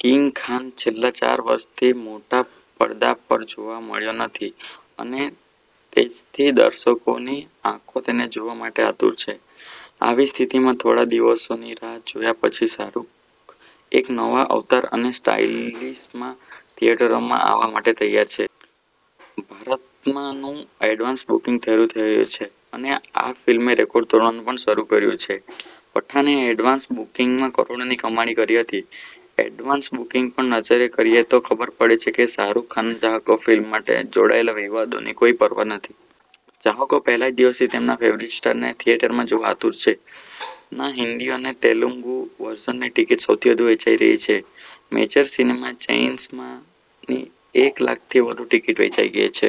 King Khan છેલ્લા ચાર વર્ષથી મોટા પડદા પરજોવા મળ્યો નથી. અને તેથીજ દર્શકોની આંખો તેને જોવા માટે આતુર છે. આવી સ્થિતિમાં, થોડા દિવસોની રાહ જોયા પછી, શાહરૂખ એક નવા અવતાર અને સ્ટાઈલમાં થિયેટરોમાં આવવા માટે તૈયાર છે. ભારતમાં નું એડવાન્સ બુકિંગ શરૂ થઈ ગયું છે અને આ ફિલ્મે રેકોર્ડ તોડવાનું પણ શરૂ કર્યું છે. પઠાણે એડવાન્સ બુકિંગમાં કરોડોની કમાણી કરી હતી ને એડવાન્સ બુકિંગ પર નજર કરીએ તો ખબર પડે છે કે શાહરૂખ ખાનના ચાહકોને ફિલ્મ સાથે જોડાયેલા વિવાદોની કોઈ પરવા નથી. ચાહકો પહેલા જ દિવસે તેમના ફેવરિટ સ્ટારને થિયેટરમાં જોવા માટે આતુર છે. ના હિન્દી અને તેલુગુ વર્ઝનની ટિકિટ સૌથી વધુ વેચાઈ રહી છે. મેજર સિનેમા ચેઈન્સમાં ની એક લાખથી વધુ ટિકિટ વેચાઈ છે.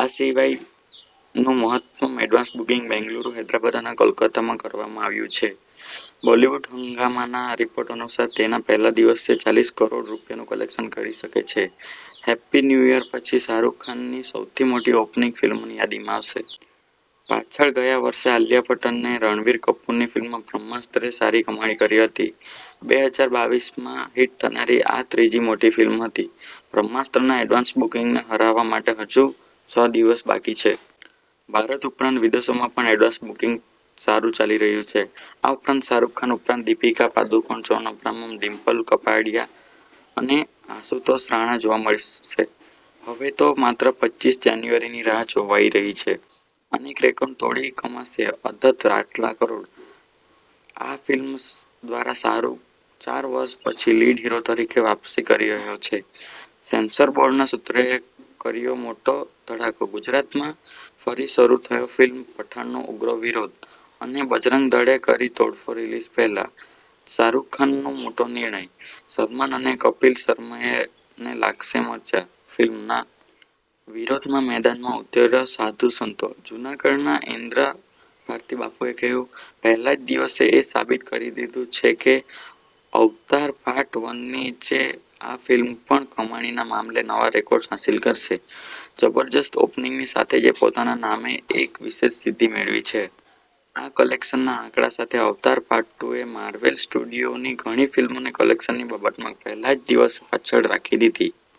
આ સિવાય નું મહત્તમ એડવાન્સ બુકિંગ બેંગલુરુ, હૈદરાબાદ અને કોલકાતામાં કરવામાં આવ્યું છે. બોલિવૂડ હંગામાના રિપોર્ટ અનુસાર, તેના પહેલા દિવસે ચાલીસ કરોડ રૂપિયાનું કલેક્શન કરી શકે છે. હેપ્પી ન્યૂ યર પછી, શાહરૂખ ખાનની સૌથી મોટી ઓપનિંગ ફિલ્મોની યાદીમાં આવશે. પાછળ ગયા વર્ષે આલિયા ભટ્ટ અને રણબીર કપૂરની ફિલ્મ 'બ્રહ્માસ્ત્ર' એ સારી કમાણી કરી હતી. બે હજાર બાવીસમાં હિટ થનારી આ ત્રીજી મોટી ફિલ્મ હતી. 'બ્રહ્માસ્ત્ર'ના એડવાન્સ બુકિંગને હરાવવા માટે હજુ છ દિવસ બાકી છે. ભારત ઉપરાંત વિદેશોમાં પણ નું એડવાન્સ બુકિંગ સારું ચાલી રહ્યું છે. આ ફિલ્મમાં શાહરૂખ ઉપરાંત દીપિકા પાદુકોણ, જોન અબ્રાહમ, ડિમ્પલ કાપડિયા અને આશુતોષ રાણા જોવા મળશે. હવે તો માત્ર પચીસ જાન્યુઆરીની રાહ જોવાઈ રહી છે. અનેક રેકોર્ડ તોડી કમાશે અધધ આટલા કરોડ. આ ફિલ્મ દ્વારા શાહરૂખ ચાર વર્ષ પછી લીડ હીરો તરીકે વાપસી કરી રહ્યો છે. સેન્સર બોર્ડના સુત્રોએ કર્યો મોટો ધડાકો ગુજરાતમાં ફરી શરુ થયો ફિલ્મ 'પઠાણ'નો ઉગ્ર વિરોધ, અને બજરંગ દળે કરી તોડફોડ રીલીઝ પહેલા જ શાહરૂખ ખાનનો મોટો નિર્ણય, સલમાન અને કપિલ શર્માને લાગશે મરચા. ફિલ્મના વિરોધમાં મેદાનમાં ઉતર્યા સાધુ-સંતો, જૂનાગઢના ઇન્દ્રભારતી બાપુએ કહ્યું. 'પહેલા જ દિવસે એ સાબિત કરી દીધું છે કે અવતાર પાર્ટ વનની જેમ આ ફિલ્મ પણ કમાણીના મામલે નવા રેકોર્ડ્સ હાંસિલ કરશે. જબરદસ્ત ઓપનિંગની સાથે જ એ પોતાના નામે એક વિશેષ સિદ્ધિ મેળવી છે. આ કલેક્શનના આંકડા સાથે અવતાર પાર્ટ ટુ એ માર્વેલ સ્ટુડિયોની ઘણી ફિલ્મોને કલેક્શનની બાબતમાં પહેલા જ દિવસે પાછળ રાખી દીધી.'